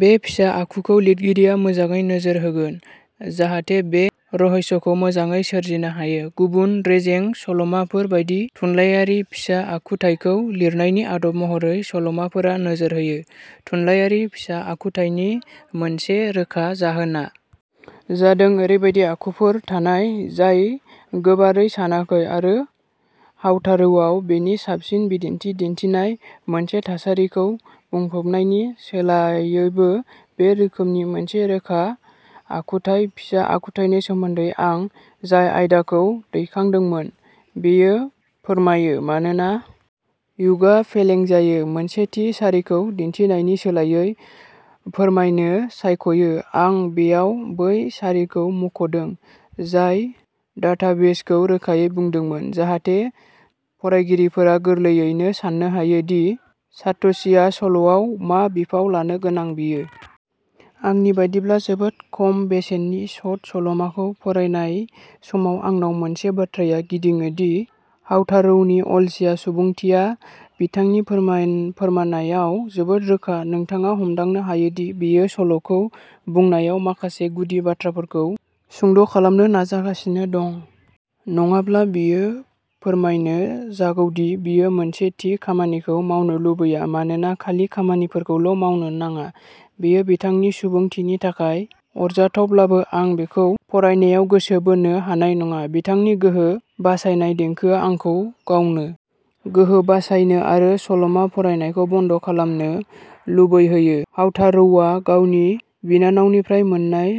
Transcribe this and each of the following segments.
बे फिसा आखु खौ लिरगिरिया मोजाङै नोजोर होगोन जाहाथे बे रहस्यखौ मोजाङै सोरजिनो हायो गुबुन रेजें सल'माफोर बायदि थुनलायारि फिसा आखुथाइखौ लिरनायनि आदब महरै सल'माफोरा नोजोर होयो थुनलायारि फिसा आखुथाइनि मोनसे रोखा जाहोनआ जादों ओरैबायदि आखुफोर थानाय जाय गोबारै सानाखै आरो हाउतारौआ बेनि साबसिन बिदिन्थि दिन्थिनाय मोनसे थासारिखौ बुंनायनि सोलायैबो बे रोखोमनि मोनसे रोखा आखुथाय फिसा आखुथाइनि सोमोन्दै आं जाय आयदाखौ दैखांदोंमोन बेयो बेखौ फोरमायो मानोना ह्युका फेलें जायो मोनसे थि सारिखौ दिन्थिनायनि सोलायै फोरमायनो सायख'यो आं बेयाव बै सारिखौ मुंख'दों जाय डाटाबेस खौ रोखायै बुंदोंमोन जाहाथे फरायगिरिफोरा गोरलैयैनो सान्नो हायो दि सात'शीया सल'आव मा बिफाव लानो गोनां बेयो आंनि बायदिब्ला जोबोद खम बेसेननि शट सल'माखौ फरायनाय समाव आंनाव मोनसे बाथ्राया गिदिङो दि हाउतारौनि अलसिया सुबुंथिया बिथांनि फोरमायनायाव जोबोद रोखा नोंथाङा हमदांनो हायोदि बियो सल'खौ बुंनायाव माखासे गुदि बाथ्राफोरखौ सुंद'खालामनो नाजागासिनो दं नङाब्ला बियो फोरमायनो जागौदि बियो मोनसे थि खामानिखौ मावनो लुबैया मानोना खालि खामानिफोरखौ मावनो नाङा बेयो बिथांनि सुबुंथिनि थाखाय आरजाथावब्लाबो आं बेखौ फरायनायाव गोसो बोनो हानाय नङा बिथांनि गोहो बासायनाय देंखोआ आंखौ गावनो गोहो बासायनो आरो सल'मा फरायनायखौ बन्द खालामनो लुबैहोयो हाउतारौआ गावनि बिनानावनिफ्राय मोन्नाय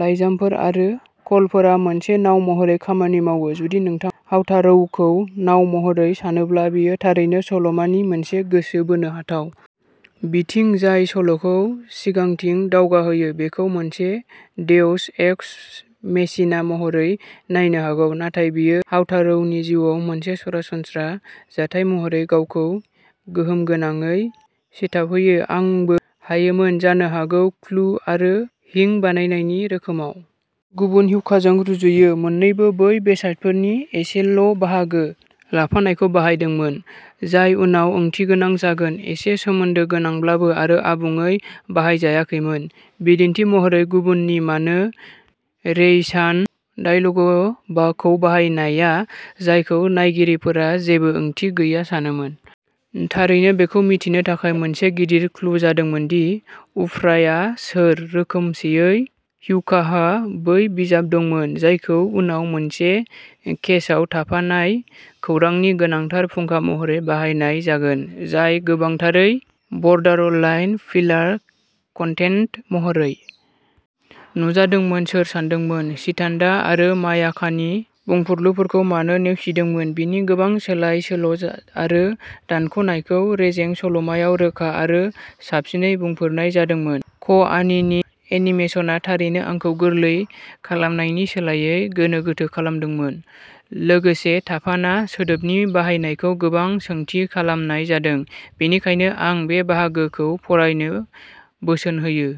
लाइजामफोर आरो कलफोरा मोनसे नाव महरै खामानि मावो जुदि नोंथाङा हाउतारौखौ नाव महरै सानोब्ला बेयो थारैनो सल'मानि मोनसे गोसो बोनो हाथाव बिथिं जाय सल'खौ सिगांथिं दावगाहोयो बेखौ मोनसे देउस एक्स मेसिना महरै नायनो हागौ नाथाय बेयो हाउतारौनि जिउआव मोनसे सरासनस्रा जाथाय महरै गावखौ गोहोमगोनाङै सिथाबहोयो आंबो हायोमोन जानो हागौ क्लु आरो हिंट बाहायनायनि रोखोमाव गुबुनखौ ह्युकाजों रुजुयो मोननैबो बै बेसादफोरनि एसेल'बाहागो लाफानायखौ बाहायदोंमोन जाय उनाव ओंथिगोनां जागोन एसे सोमोन्दो गोनांब्लाबो आरो आबुङै बाहायजायाखैमोन बिदिन्थि महरै गुबुननि मानो रेइ चान डायलगखौ बाहायनाया जायखौ नायगिरिफोरा जेबो ओंथि गैया सानोमोन थारैनो बेखौ मिथिनो थाखाय मोनसे गिदिर क्लु जादोंमोन दि उफ्राआ सोर रोखोमसेयै ह्युकाहा बै बिजाब दंमोन जायखौ उनाव मोनसे केसआव थाफानाय खौरांनि गोनांथार फुंखा महरै बाहायनाय जागोन जाय गोबांथारै बर्डारलाइन फिलार कन्टेन्ट महरै नुजादोंमोन सोर सानदोंमोन चिटान्डा आरो मायाकानि बुंफुरलुफोरखौ मानो नेवसिदोंमोन बेनि गोबां सोलाय सोल आरो दानख'नायखौ रेजें सल'माआव रोखा आरो साबसिनै बुंफोरनाय जादोंमोन क्य'आनीनि एनिमेशनआ थारैनो आंखौ गोरलै खालामनायनि सोलायै गोनो गोथो खालामदोंमोन लोगोसे थाफानाय सोदोबनि बाहायनायखौ गोबां सोंथि खालामनाय जादों बेनिखायनो आं बे बाहागोखौ फरायनो बोसोन होयो।